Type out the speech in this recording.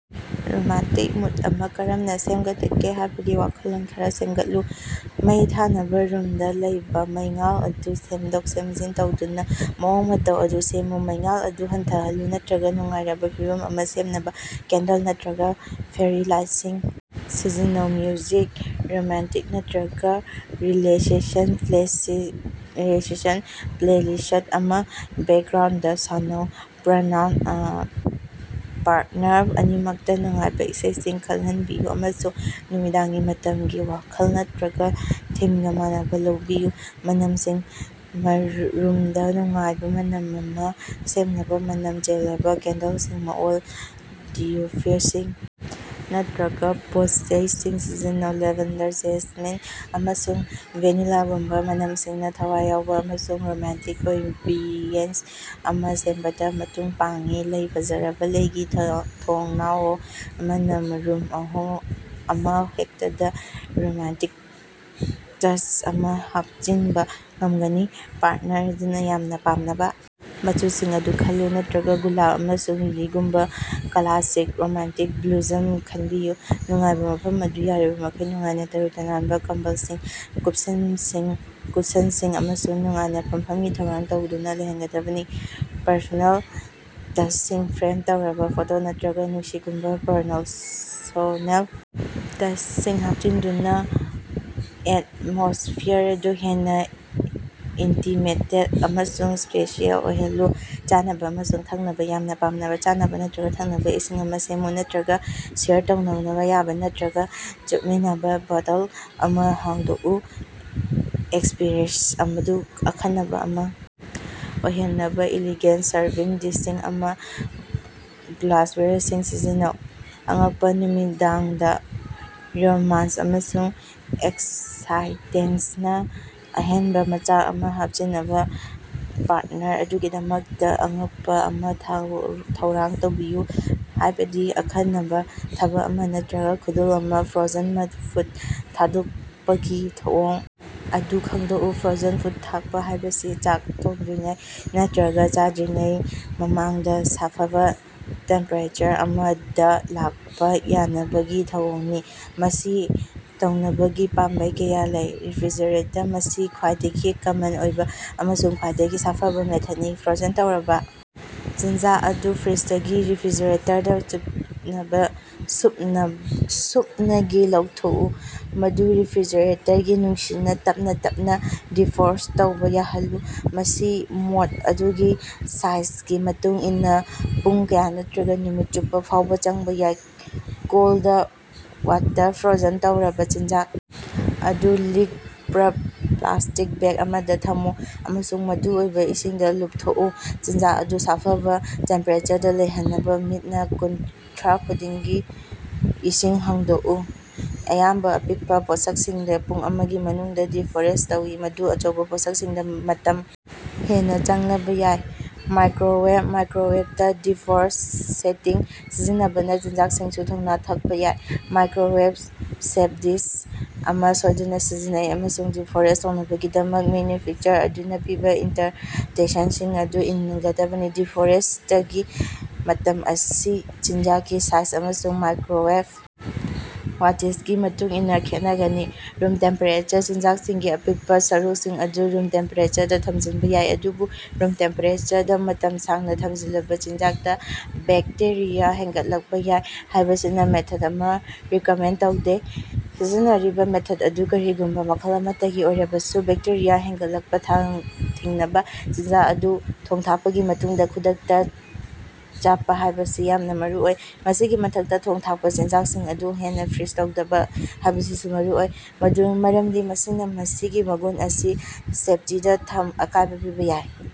Romantic mood ꯑꯃꯥ ꯀꯔꯝꯅꯥ ꯁꯦꯝꯒꯗꯒꯦ ꯍꯥꯏꯕꯒꯤ ꯋꯥꯈꯜꯂꯣꯟ ꯈꯔꯥ ꯁꯦꯝꯒꯠꯂꯨ꯫ ꯃꯩ ꯊꯥꯅꯕꯥ: ꯔꯨꯃꯗꯥ ꯂꯩꯕꯥ ꯃꯩꯉꯥꯜ ꯑꯗꯨ ꯁꯦꯝꯗꯣꯛ-ꯁꯦꯝꯖꯤꯟ ꯇꯧꯗꯨꯅꯥ ꯃꯑꯣꯡ ꯃꯇꯧ ꯑꯗꯨ ꯁꯦꯝꯃꯨ꯫ ꯃꯩꯉꯥꯜ ꯑꯗꯨ ꯍꯟꯊꯍꯜꯂꯨ, ꯅꯥꯠꯇ꯭ꯔꯥꯒꯥ ꯅꯨꯡꯉꯥꯏꯔꯕꯥ ꯐꯤꯚꯝ ꯑꯃꯥ ꯁꯦꯝꯅꯕꯥ ꯀꯦꯟꯗꯜ ꯅꯠꯇ꯭ꯔꯒꯥ ꯐꯦꯔꯤ ꯂꯥꯏꯠꯁꯤꯡ ꯁꯤꯖꯤꯟꯅꯧ꯫ ꯃ꯭ꯌꯨꯖꯤꯛ: ꯔꯣꯃꯥꯟꯇꯤꯛ ꯅꯠꯇ꯭ꯔꯒꯥ ꯔꯤꯂꯦꯛꯁꯦꯁꯟ ꯄ꯭ꯂꯦꯂꯤꯁꯠ ꯑꯃꯥ ꯕꯦꯛꯒ꯭ꯔꯥꯎꯟꯗꯥ ꯁꯥꯟꯅꯧ꯫ ꯄꯥꯔꯠꯅꯔ ꯑꯅꯤꯃꯛꯇꯥ ꯅꯨꯡꯉꯥꯏꯕꯥ ꯏꯁꯩꯁꯤꯡ ꯈꯅꯍꯜꯕꯤꯌꯨ, ꯑꯃꯁꯨꯡ ꯅꯨꯃꯤꯗꯥꯡꯒꯤ ꯃꯇꯝꯒꯤ ꯋꯥꯈꯜ ꯅꯠꯇ꯭ꯔꯒꯥ ꯊꯤꯝꯒꯥ ꯃꯥꯟꯅꯅꯥ ꯂꯧꯕꯤꯌꯨ꯫ ꯃꯅꯝꯁꯤꯡ: ꯔꯨꯃꯗꯥ ꯅꯨꯡꯉꯥꯏꯕꯥ ꯃꯅꯝ ꯑꯃꯥ ꯁꯦꯝꯅꯕꯥ ꯃꯅꯝ ꯆꯦꯜꯂꯕꯥ ꯀꯦꯟꯗꯂꯁꯤꯡ, ꯑꯣꯏꯜ ꯗꯤꯐ꯭ꯌꯨꯁꯔꯁꯤꯡ ꯅꯠꯇ꯭ꯔꯒꯥ ꯄꯣꯠꯆꯩꯁꯤꯡ ꯁꯤꯖꯤꯟꯅꯧ꯫ ꯂꯦꯕꯦꯟꯗꯔ, ꯖꯦꯁꯃꯤꯟ, ꯑꯃꯁꯨꯡ ꯚꯦꯅꯤꯂꯥꯒꯨꯝꯕꯥ ꯃꯅꯝꯁꯤꯡꯅꯥ ꯊꯋꯥꯏ ꯌꯥꯎꯕꯥ ꯑꯃꯁꯨꯡ ꯔꯣꯃꯥꯟꯇꯤꯛ ꯑꯦꯝꯕꯤꯌꯦꯟꯁ ꯑꯃꯥ ꯁꯦꯝꯕꯗꯥ ꯃꯇꯦꯡ ꯄꯥꯡꯏ꯫ ꯂꯩ: ꯐꯖꯔꯕꯥ ꯂꯩꯒꯤ ꯊꯣꯡꯅꯥꯑꯣ ꯑꯃꯅꯥ ꯔꯨꯝ ꯑꯃꯍꯦꯛꯇꯗꯥ ꯔꯣꯃꯥꯟꯇꯤꯛ ꯇꯆ ꯑꯃꯥ ꯍꯥꯄꯆꯤꯟꯕꯥ ꯉꯝꯒꯅꯤ꯫ ꯄꯥꯔꯠꯅꯔ ꯑꯗꯨꯅꯥ ꯌꯥꯝꯅꯥ ꯄꯥꯝꯅꯕꯥ ꯃꯆꯨꯁꯤꯡ ꯑꯗꯨ ꯈꯜꯂꯨ ꯅꯠꯇ꯭ꯔꯒꯥ ꯒꯨꯂꯥꯞ ꯑꯃꯁꯨꯡ ꯂꯤꯂꯤꯒꯨꯝꯕꯥ ꯀ꯭ꯂꯥꯁꯤꯛ ꯔꯣꯃꯥꯟꯇꯤꯛ ꯕ꯭ꯂꯨꯝꯁꯤꯡ ꯈꯅꯕꯤꯌꯨ꯫ ꯅꯨꯡꯉꯥꯏꯕꯥ: ꯃꯐꯝ ꯑꯗꯨ ꯌꯥꯔꯤꯕꯃꯈꯩ ꯅꯨꯡꯉꯥꯏꯅꯥ ꯇꯔꯨ-ꯇꯅꯥꯟꯕꯥ ꯀꯝꯕꯜꯁꯤꯡ, ꯀꯨꯁꯟꯁꯤꯡ, ꯑꯃꯁꯨꯡ ꯅꯨꯡꯉꯥꯏꯅꯥ ꯐꯝꯐꯝꯒꯤ ꯊꯧꯔꯥꯡ ꯇꯧꯗꯨꯅꯥ ꯂꯩꯍꯟꯒꯗꯕꯅꯤ꯫ ꯄꯔꯁꯣꯅꯦꯜ ꯇꯆꯁꯤꯡ: ꯐ꯭ꯔꯦꯝ ꯇꯧꯔꯕꯥ ꯐꯣꯇꯣ ꯅꯠꯇꯔꯒꯥ ꯅꯣꯠꯁꯤꯡꯒꯨꯝꯕꯥ ꯄꯔꯁꯣꯅꯦꯜ ꯇꯆꯁꯤꯡ ꯍꯥꯄꯆꯤꯟꯗꯨꯅꯥ ꯑꯦꯠꯃꯣꯁꯐꯤꯌꯥꯔ ꯑꯗꯨ ꯍꯦꯟꯅꯥ ꯏꯟꯇꯤꯃꯦꯇꯦꯗ ꯑꯃꯁꯨꯡ ꯁ꯭ꯄꯦꯁꯤꯑꯦꯜ ꯑꯣꯏꯍꯜꯂꯨ꯫ ꯆꯥꯅꯕꯥ ꯑꯃꯁꯨꯡ ꯊꯛꯅꯕꯥ: ꯌꯥꯝꯅꯥ ꯄꯥꯝꯅꯕꯥ ꯆꯥꯅꯕꯥ ꯅꯠꯇꯔꯒꯥ ꯊꯛꯅꯕꯥ ꯏꯁꯤꯡ ꯑꯃꯥ ꯁꯦꯝꯃꯨ, ꯅꯠꯇ꯭ꯔꯒꯥ ꯁꯦꯌꯔ ꯇꯧꯅꯕꯥ ꯋꯥꯏꯟ ꯅꯠꯇ꯭ꯔꯒꯥ ꯆꯦꯝꯄꯤꯌꯟ ꯕꯣꯇꯜ ꯑꯃꯥ ꯍꯥꯡꯗꯣꯛꯎ꯫ ꯑꯦꯛꯁꯄꯤꯔꯤꯑꯦꯟꯁ ꯑꯗꯨ ꯑꯈꯟꯅꯕꯥ ꯑꯃꯥ ꯑꯣꯏꯍꯟꯅꯕꯥ ꯏꯂꯤꯒꯦꯟꯠ ꯁꯔꯚꯤꯡ ꯗꯤꯁꯁꯤꯡ ꯑꯃꯁꯨꯡ ꯒ꯭ꯂꯥꯁꯋꯦꯌꯔꯁꯤꯡ ꯁꯤꯖꯤꯟꯅꯧ꯫ ꯑꯉꯛꯄꯥ: ꯅꯨꯃꯤꯗꯥꯡꯗꯥ ꯔꯣꯃꯥꯟ꯭ꯁ ꯑꯃꯁꯨꯡ ꯑꯦꯛꯁꯥꯏꯇꯦꯁꯅꯒꯤ ꯑꯍꯦꯅꯕꯥ ꯃꯆꯥꯛ ꯑꯃꯥ ꯍꯥꯞꯆꯤꯟꯅꯕꯥ ꯄꯥꯔꯠꯅꯔ ꯑꯗꯨꯒꯤꯗꯃꯛꯇꯥ ꯑꯉꯛꯄꯥ ꯑꯃꯥ ꯊꯧꯔꯥꯡ ꯇꯧꯕꯤꯌꯨ, ꯍꯥꯏꯕꯗꯤ ꯑꯈꯟꯅꯕꯥ ꯊꯕꯛ ꯑꯃꯥ ꯅꯠꯇ꯭ꯔꯒꯥ ꯈꯨꯗꯣꯜ ꯑꯃꯥ꯫ ꯐ꯭ꯔꯣꯖꯟ ꯐꯨꯗ ꯊꯥꯗꯣꯛꯄꯒꯤ ꯊꯧꯑꯣꯡ ꯑꯗꯨ ꯈꯪꯗꯣꯛꯎ꯫ ꯐ꯭ꯔꯣꯖꯟ ꯐꯨꯗ ꯊꯛꯄꯥ ꯍꯥꯏꯕꯁꯤ ꯆꯥꯛ ꯊꯣꯡꯗ꯭ꯔꯤꯉꯩ ꯅꯠꯇ꯭ꯔꯒꯥ ꯆꯥꯗ꯭ꯔꯤꯉꯩ ꯃꯃꯥꯡꯗꯥ ꯁꯥꯐꯕꯥ ꯇꯦꯝꯄꯦꯔꯦꯆꯔ ꯑꯃꯗꯥ ꯂꯥꯛꯄꯥ ꯌꯥꯍꯅꯕꯒꯤ ꯊꯧꯑꯣꯡꯅꯤ꯫ ꯃꯁꯤ ꯇꯧꯅꯕꯒꯤ ꯄꯥꯝꯕꯩ ꯀꯌꯥ ꯂꯩ: ꯔꯦꯐ꯭ꯔꯤꯖꯔꯦꯇꯔ: ꯃꯁꯤ ꯈ꯭ꯋꯥꯏꯗꯒꯤ ꯀꯃꯟ ꯑꯣꯏꯕꯥ ꯑꯃꯁꯨꯡ ꯈ꯭ꯋꯥꯏꯗꯒꯤ ꯁꯥꯐꯕꯥ ꯃꯦꯊꯗꯅꯤ꯫ ꯐ꯭ꯔꯣꯖꯟ ꯇꯧꯔꯕꯥ ꯆꯤꯟꯖꯥꯛ ꯑꯗꯨ ꯐ꯭ꯔꯤꯖꯔꯗꯒꯤ ꯔꯦꯐ꯭ꯔꯤꯖꯔꯦꯇꯔꯗꯥ ꯁꯨꯞꯅꯒꯤ ꯂꯧꯊꯣꯛꯎ, ꯃꯗꯨ ꯔꯦꯐ꯭ꯔꯤꯖꯔꯦꯇꯔꯒꯤ ꯅꯨꯡꯁꯤꯠꯅꯥ ꯇꯞꯅꯥ ꯇꯞꯅꯥ ꯗꯤꯐ꯭ꯔꯣꯁ꯭ꯠ ꯇꯧꯕꯥ ꯌꯥꯍꯜꯂꯨ꯫ ꯃꯁꯤ ꯄꯣꯠ ꯑꯗꯨꯒꯤ ꯁꯥꯏꯖꯒꯤ ꯃꯇꯨꯡ ꯏꯟꯅꯥ ꯄꯨꯡ ꯀꯌꯥ ꯅꯠꯇꯔꯒꯥ ꯅꯨꯃꯤꯠ ꯆꯨꯞꯄꯥ ꯐꯥꯎꯕꯥ ꯆꯪꯕꯥ ꯌꯥꯏ꯫ ꯀꯣꯜꯗ ꯋꯥꯇꯔ: ꯐ꯭ꯔꯣꯖꯟ ꯇꯧꯔꯕꯥ ꯆꯤꯟꯖꯥꯛ ꯑꯗꯨ ꯂꯤꯛ-ꯄ꯭ꯔꯨꯐ ꯄ꯭ꯂꯥꯁꯇꯤꯛ ꯕꯦꯒ ꯑꯃꯗꯥ ꯊꯝꯃꯨ ꯑꯃꯁꯨꯡ ꯃꯗꯨ ꯑꯏꯪꯕꯥ ꯏꯁꯤꯡꯗꯥ ꯂꯨꯞꯊꯣꯛꯑꯨ꯫ ꯆꯤꯟꯖꯥꯛ ꯑꯗꯨ ꯁꯥꯐꯕꯥ ꯇꯦꯝꯄꯦꯔꯦꯆꯔꯗꯥ ꯂꯩꯍꯟꯅꯕꯥ ꯃꯤꯅꯠ ꯀꯨꯟꯊ꯭ꯔꯥ ꯈꯨꯗꯤꯡꯒꯤ ꯏꯁꯤꯡ ꯍꯣꯡꯗꯣꯛꯎ꯫ ꯑꯌꯥꯝꯕꯥ ꯑꯄꯤꯛꯄꯥ ꯄꯣꯠꯁꯛꯁꯤꯡꯗꯤ ꯄꯨꯡ ꯑꯃꯒꯤ ꯃꯅꯨꯡꯗꯥ ꯗꯤꯐ꯭ꯔꯣꯁ꯭ꯠ ꯇꯧꯏ, ꯑꯗꯨꯕꯨ ꯑꯆꯧꯕꯥ ꯄꯣꯠꯁꯛꯁꯤꯡꯗꯤ ꯃꯇꯝ ꯍꯦꯟꯅꯥ ꯆꯪꯂꯝꯕꯥ ꯌꯥꯏ꯫ ꯃꯥꯏꯀ꯭ꯔꯣꯋꯦꯕ: ꯃꯥꯏꯀ꯭ꯔꯣꯋꯦꯕꯇꯥ ꯗꯤꯐ꯭ꯔꯣꯁ꯭ꯠ ꯁꯦꯇꯤꯡ ꯁꯤꯖꯤꯟꯅꯕꯅꯥ ꯆꯤꯟꯖꯥꯛꯁꯤꯡꯁꯨ ꯊꯨꯅꯥ ꯊꯛꯄꯥ ꯌꯥꯏ꯫ ꯃꯥꯏꯀ꯭ꯔꯣꯋꯦꯕ-ꯁꯦꯐ ꯗꯤꯁ ꯑꯃꯥ ꯁꯣꯏꯗꯅꯥ ꯁꯤꯖꯤꯟꯅꯧ ꯑꯃꯁꯨꯡ ꯗꯤꯐ꯭ꯔꯣꯁ꯭ꯠ ꯇꯧꯅꯕꯒꯤꯗꯃꯛ ꯃꯦꯟꯌꯨꯐꯦꯛꯆꯔꯔ ꯑꯗꯨꯅꯥ ꯄꯤꯕꯥ ꯏꯟꯁ꯭ꯇꯔꯛꯁꯟꯁꯤꯡ ꯑꯗꯨ ꯏꯟꯒꯗꯕꯅꯤ꯫ ꯗꯤꯐ꯭ꯔꯣꯁ꯭ꯇꯤꯡꯒꯤ ꯃꯇꯝ ꯑꯁꯤ ꯆꯤꯟꯖꯥꯛꯀꯤ ꯁꯥꯏꯖ ꯑꯃꯁꯨꯡ ꯃꯥꯏꯀ꯭ꯔꯣꯋꯦꯕ ꯋꯥꯇꯦꯖꯒꯤ ꯃꯇꯨꯡ ꯏꯟꯅꯥ ꯈꯦꯠꯅꯒꯅꯤ꯫ ꯔꯨꯝ ꯇꯦꯝꯄꯦꯔꯦꯆꯔ: ꯆꯤꯟꯖꯥꯛꯁꯤꯡꯒꯤ ꯑꯄꯤꯛꯄꯥ ꯁꯔꯨꯛꯁꯤꯡ ꯑꯗꯨ ꯔꯨꯝ ꯇꯦꯝꯄꯦꯔꯦꯆꯔꯗꯥ ꯊꯝꯖꯤꯟꯕꯥ ꯌꯥꯏ, ꯑꯗꯨꯕꯨ ꯔꯨꯝ ꯇꯦꯝꯄꯦꯔꯦꯆꯔꯗꯥ ꯃꯇꯝ ꯁꯥꯡꯅꯥ ꯊꯝꯖꯤꯜꯂꯕꯥ ꯆꯤꯟꯖꯥꯛꯇꯥ ꯕꯦꯛꯇꯦꯔꯤꯌꯥ ꯍꯦꯟꯒꯠꯂꯛꯄꯥ ꯌꯥꯏ ꯍꯥꯏꯕꯁꯤꯅꯥ ꯃꯦꯊꯗ ꯑꯁꯤ ꯔꯤꯀꯃꯦꯟꯗ ꯇꯧꯗꯦ꯫ ꯁꯤꯖꯤꯟꯅꯔꯤꯕꯥ ꯃꯦꯊꯗ ꯑꯗꯨ ꯀꯔꯤꯒꯨꯝꯕꯥ ꯃꯈꯜ ꯑꯃꯠꯇꯒꯤ ꯑꯣꯏꯔꯕꯁꯨ, ꯕꯦꯛꯇꯦꯔꯤꯌꯥ ꯍꯦꯅꯒꯠꯂꯛꯄꯥ ꯊꯤꯡꯅꯕꯥ ꯆꯤꯟꯖꯥꯛ ꯑꯗꯨ ꯊꯣꯡ-ꯊꯥꯀꯄꯒꯤ ꯃꯇꯨꯡꯗꯥ ꯈꯨꯗꯛꯇꯥ ꯆꯥꯄꯥ ꯍꯥꯏꯕꯁꯤ ꯌꯥꯝꯅꯥ ꯃꯔꯨꯑꯣꯏ꯫ ꯃꯁꯤꯒꯤ ꯃꯊꯛꯇꯥ, ꯊꯣꯡ-ꯊꯥꯀꯄꯥ ꯆꯤꯟꯖꯥꯀꯁꯤꯡ ꯑꯃꯨꯛ ꯍꯟꯅꯥ ꯐ꯭ꯔꯤꯖ ꯇꯧꯗꯕꯥ ꯍꯥꯏꯕꯁꯤꯁꯨ ꯃꯔꯨꯑꯣꯏ, ꯃꯔꯝꯗꯤ ꯃꯁꯤꯅꯥ ꯃꯁꯤꯒꯤ ꯃꯒꯨꯟ ꯑꯃꯁꯨꯡ ꯁꯦꯐꯇꯤꯗꯥ ꯑꯀꯥꯏꯕꯥ ꯄꯤꯕꯥ ꯌꯥꯏ꯫।